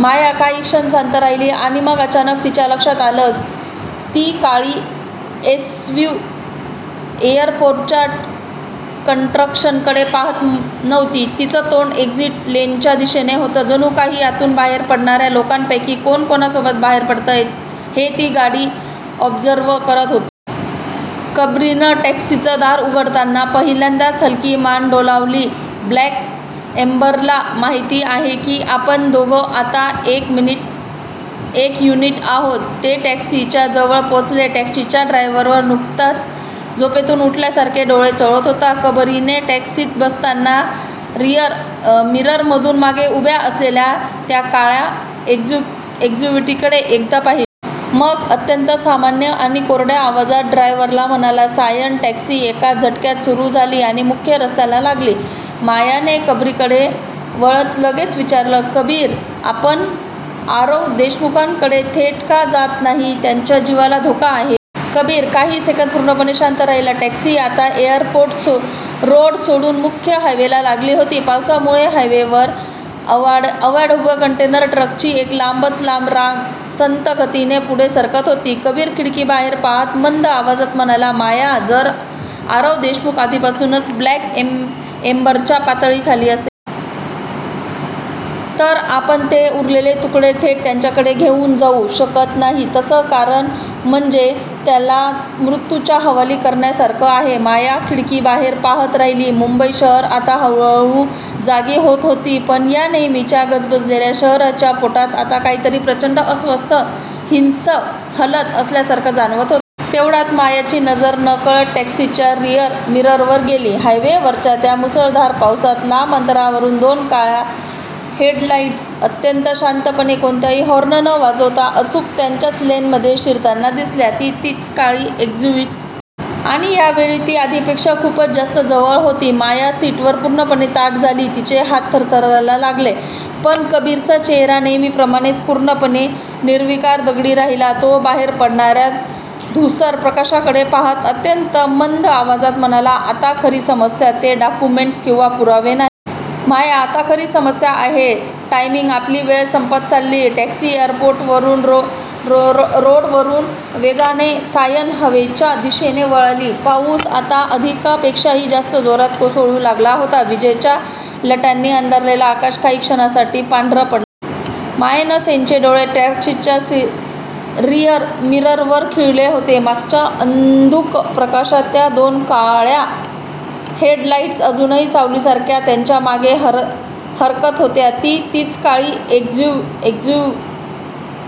माया काही क्षण शांत राहिली, आणि मग अचानक तिच्या लक्षात आलं, ती काळी एसयूव्ही एअरपोर्टच्या एंट्रन्सकडे पाहत नव्हती. तिचं तोंड एक्झिट लेनच्या दिशेने होतं. जणू काही आतून बाहेर पडणाऱ्या लोकांपैकी कोण कोणासोबत बाहेर पडतंय, हे ती गाडी ऑब्झर्व्ह करत होती. कबीरने टॅक्सीचं दार उघडताना पहिल्यांदाच हलकी मान डोलावली. ब्लॅक एम्बरला माहिती आहे की, आपण दोघं आता एक युनिट आहोत. " ते टॅक्सीच्या जवळ पोहोचले. टॅक्सीचा ड्रायव्हर नुकताच झोपेतून उठल्यासारखा डोळे चोळत होता. कबीरने टॅक्सीत बसताना रिअर मिररमधून मागे उभ्या असलेल्या त्या काळ्या एसयूव्हीकडे एकदा पाहिलं. मग अत्यंत सामान्य आणि कोरड्या आवाजात ड्रायव्हरला म्हणाला, "सायन. " टॅक्सी एका झटक्यात सुरू झाली आणि मुख्य रस्त्याला लागली. मायाने कबीरकडे वळत लगेच विचारलं, "कबीर, आपण आरव देशमुखकडे थेट का जात नाहीये? त्याच्या जीवाला धोका आहे! " कबीर काही सेकंद पूर्णपणे शांत राहिला. टॅक्सी आता एअरपोर्ट रोड सोडून मुख्य हायवेला लागली होती. पावसामुळे हायवेवर अवाढव्य कंटेनर ट्रक्सची एक लांबच लांब रांग संथ गतीने पुढे सरकत होती. कबीर खिडकीबाहेर पाहत मंद आवाजात म्हणाला, "माया, जर आरव देशमुख आधीपासूनच ब्लॅक एम्बरच्या पाळतीखाली असेल. तर आपण हे उरलेले तुकडे थेट त्याच्याकडे घेऊन जाऊ शकत नाही. तसं करणं म्हणजे त्याला मृत्यूच्या हवाली करण्यासारखं आहे. " माया खिडकीबाहेर पाहत राहिली. मुंबई शहर आता हळूहळू जागी होत होती. पण या नेहमीच्या गजबजलेल्या शहराच्या पोटात आत्ता काहीतरी प्रचंड अस्वस्थ, हिंस्त्र हलत असल्यासारखं जाणवत होतं. तेवढ्यात, मायाची नजर नकळत टॅक्सीच्या रिअर मिररवर गेली. हायवेवरच्या त्या मुसळधार पावसात, लांब अंतरावरून दोन काळ्या हेडलाईट्स अत्यंत शांतपणे, कोणताही हॉर्न न वाजवता अचूक त्यांच्याच लेनमध्ये शिरताना दिसल्या. ती तीच काळी एसयूव्ही होती. आणि यावेळी ती आधीपेक्षा खूपच जास्त जवळ होती. माया सीटवर पूर्णपणे ताठ झाली, तिचे हात थरथरायला लागले. पण कबीरचा चेहरा नेहमीप्रमाणेच पूर्णपणे निर्विकार, दगडी राहिला. तो बाहेर पडणाऱ्या धूसर प्रकाशाकडे पाहत अत्यंत मंद आवाजात म्हणाला, "आता खरी समस्या ते डॉक्युमेंट्स किंवा पुरावे नाहीत. माया, आता खरी समस्या आहे टायमिंग आपली वेळ संपत चाललीये. " टॅक्सी एअरपोर्ट रोडवरून वेगाने सायन हायवेच्या दिशेने वळली. पाऊस आता आधीपेक्षाही जास्त जोरात कोसळू लागला होता. विजांच्या लखाट्यांनी अंधारलेलं आकाश काही क्षणांसाठी पांढरं पडत होतं. माया सेनचे डोळे टॅक्सीच्या रिअर मिररवर खिळले होते. मागच्या अंधुक प्रकाशात त्या दोन काळ्या हेडलाईट्स अजूनही सावलीसारख्या त्यांच्या मागे सरकत होत्या. ती तीच काळी एसयूव्ही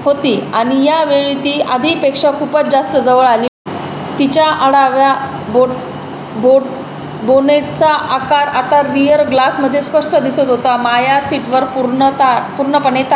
होती. आणि या वेळी, ती आधीपेक्षा खूपच जास्त जवळ आली होती. तिच्या अवाढव्य बोनेटचा आकार आता रिअर ग्लासमध्ये स्पष्ट दिसत होता. माया सीटवर पूर्णपणे ताठ--